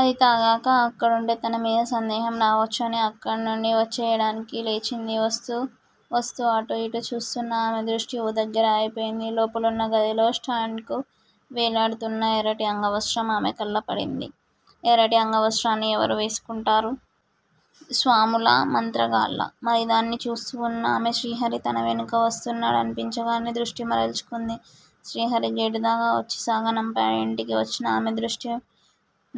అది తాగాక అక్కడుంటే తనమీద సందేహం రావచ్చని అక్కడి నుంచి వచ్చెయ్యడానికి లేచింది. వస్తూ- వస్తూ అటూ- ఇటూ చూస్తున్న ఆమె దృష్టి ఓ దగ్గర ఆగిపోయింది. లోపలున్న గదిలో స్టాండ్ కు వేలాడుతున్న ఎర్రటి అంగవస్త్రం ఆమె కళ్ళ పడింది. ఎర్రటి అంగవస్త్రాన్ని ఎవరు వేసుకుంటారు? స్వాములా? మంత్రగాళ్ళా? మరి దానిని చూస్తూ వున్న ఆమె శ్రీహరి తన వెనుక వస్తున్నాడనిపించగానే దృష్టి మరల్చుకుంది. శ్రీహరి గేటుదాకా వచ్చి సాగనంపాడు. ఇంటికి వచ్చినా ఆమె దృష్టి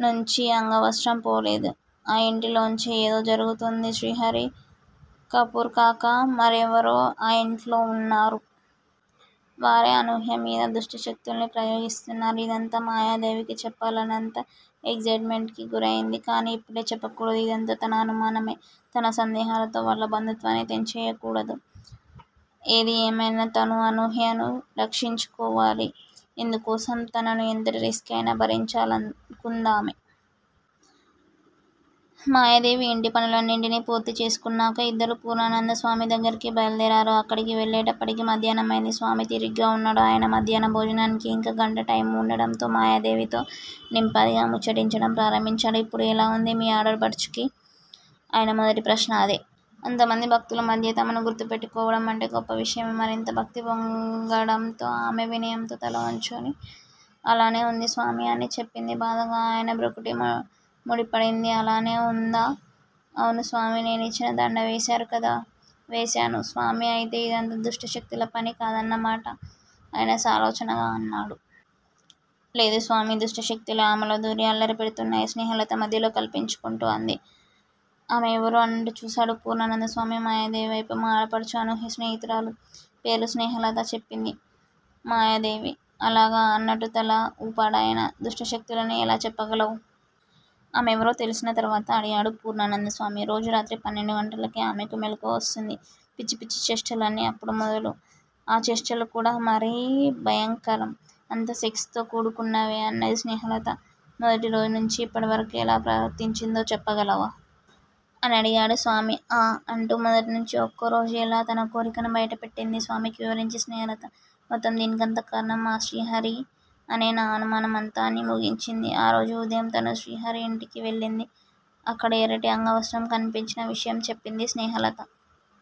నుంచి అంగవస్త్రం పోలేదు. ఆ ఇంటిలోంచే ఏదో జరుగుతోంది. శ్రీహరి, కపూర్ కాక మరెవరో ఆ యింట్లో వున్నారు. వారే అనూహ్యమీద దుష్టశక్తుల్ని ప్రయోగిస్తున్నారు. ఇదంతా మాయాదేవికి చెప్పాలన్నంత ఎగ్జయిట్ మెంట్ కి గురయింది. కానీ ఇప్పుడే చెప్పకూడదు. ఇదంతా తన అనుమానమే. తన సందేహాలతో వాళ్ళ బంధుత్వాన్ని తెంచేయకూడదు. ఏది ఏమైనా తను అనూహ్యను రక్షించుకోవాలి. ఇందుకోసం తను ఎంతటి రిస్క్ అయినా భరించాలనుకుందామె. మాయాదేవి ఇంటిపనులన్నిటినీ పూర్తి చేసుకున్నాక ఇద్దరూ పూర్ణానందస్వామి దగ్గరికి బయలుదేరారు. అక్కడికి వెళ్ళేటప్పటికి మాధ్యాహ్నమైంది. స్వామి తీరిగ్గా వున్నాడు. ఆయన మధ్యాహ్న భోజనానికి ఇంకా గంట టైము వుండడంతో మాయాదేవితో నింపాదిగా ముచ్చటించడం ప్రారంభించాడు. ఇప్పుడు ఎలా వుంది మీ ఆడపడుచుకి? ఆయన మొదటి ప్రశ్న అదే. అంతమంది భక్తుల మధ్య తమను గుర్తుపెట్టుకోవడం అంటే గొప్ప విషయమే. మరింత భక్తి పొంగడంతో ఆమె వినయంతో తల వొంచుతూ అలానే వుంది స్వామీ అని చెప్పింది బాధగా. ఆయన భృకుటి ముడిపడింది. అలానే వుందా? అవును స్వామీ! నేనిచ్చిన దండ వేశారు కదా! వేశాను స్వామీ అయితే ఇదంతా దుష్టశక్తుల పని కాదన్న మాట ఆయన సాలోచనగా అన్నాడు. లేదు స్వామీ! దుష్టశక్తులే ఆమెలో దూరి అల్లరి పెడుతున్నాయి స్నేహలత మధ్యలో కల్పించుకుంటూ అంది. ఆమె ఎవరు అన్నట్టు చూశాడు పూర్ణానందస్వామి మాయాదేవి వైపు మా ఆడపడుచు అనూహ్య స్నేహితురాలు- పేరు స్నేహలత చెప్పింది మాయాదేవి. అలాగా అన్నట్టు తల వూపాడాయన. దుష్టశక్తులని ఎలా చెప్పగలవు? ఆమెవరో తెలిసిన తరువాత అడిగాడు పూర్ణానందస్వామి. రోజూ రాత్రి పన్నెండుగంటలకే ఆమెకు మెలకువ వస్తుంది. పిచ్చి పిచ్చి చేష్టలన్నీ అప్పుడు మొదలు. ఆ చేష్టలు కూడా మరీ భయంకరం. అంతా సెక్స్ తో కూడుకున్నవే అన్నది స్నేహలత. మొదటి రోజునుంచీ ఇప్పటివరకు ఎలా ప్రవర్తించిందో చెప్పగలవా? అనడిగాడు స్వామి. ఆఁ అంటూ మొదట్నుంచీ ఒక్కోరోజు ఎలా తన కోరికను బయటపెట్టిందీ స్వామికి వివరించింది స్నేహలత. మొత్తం దీనికంతా కారణం ఆ శ్రీహరి అనే నా అనుమానమంతా అని ముగించింది. ఆరోజు ఉదయం తను శ్రీహరి ఇంటికి వెళ్ళిందీ, అక్కడి ఎర్రటి అంగవస్త్రం కనిపించిన విషయం చెప్పింది స్నేహలత.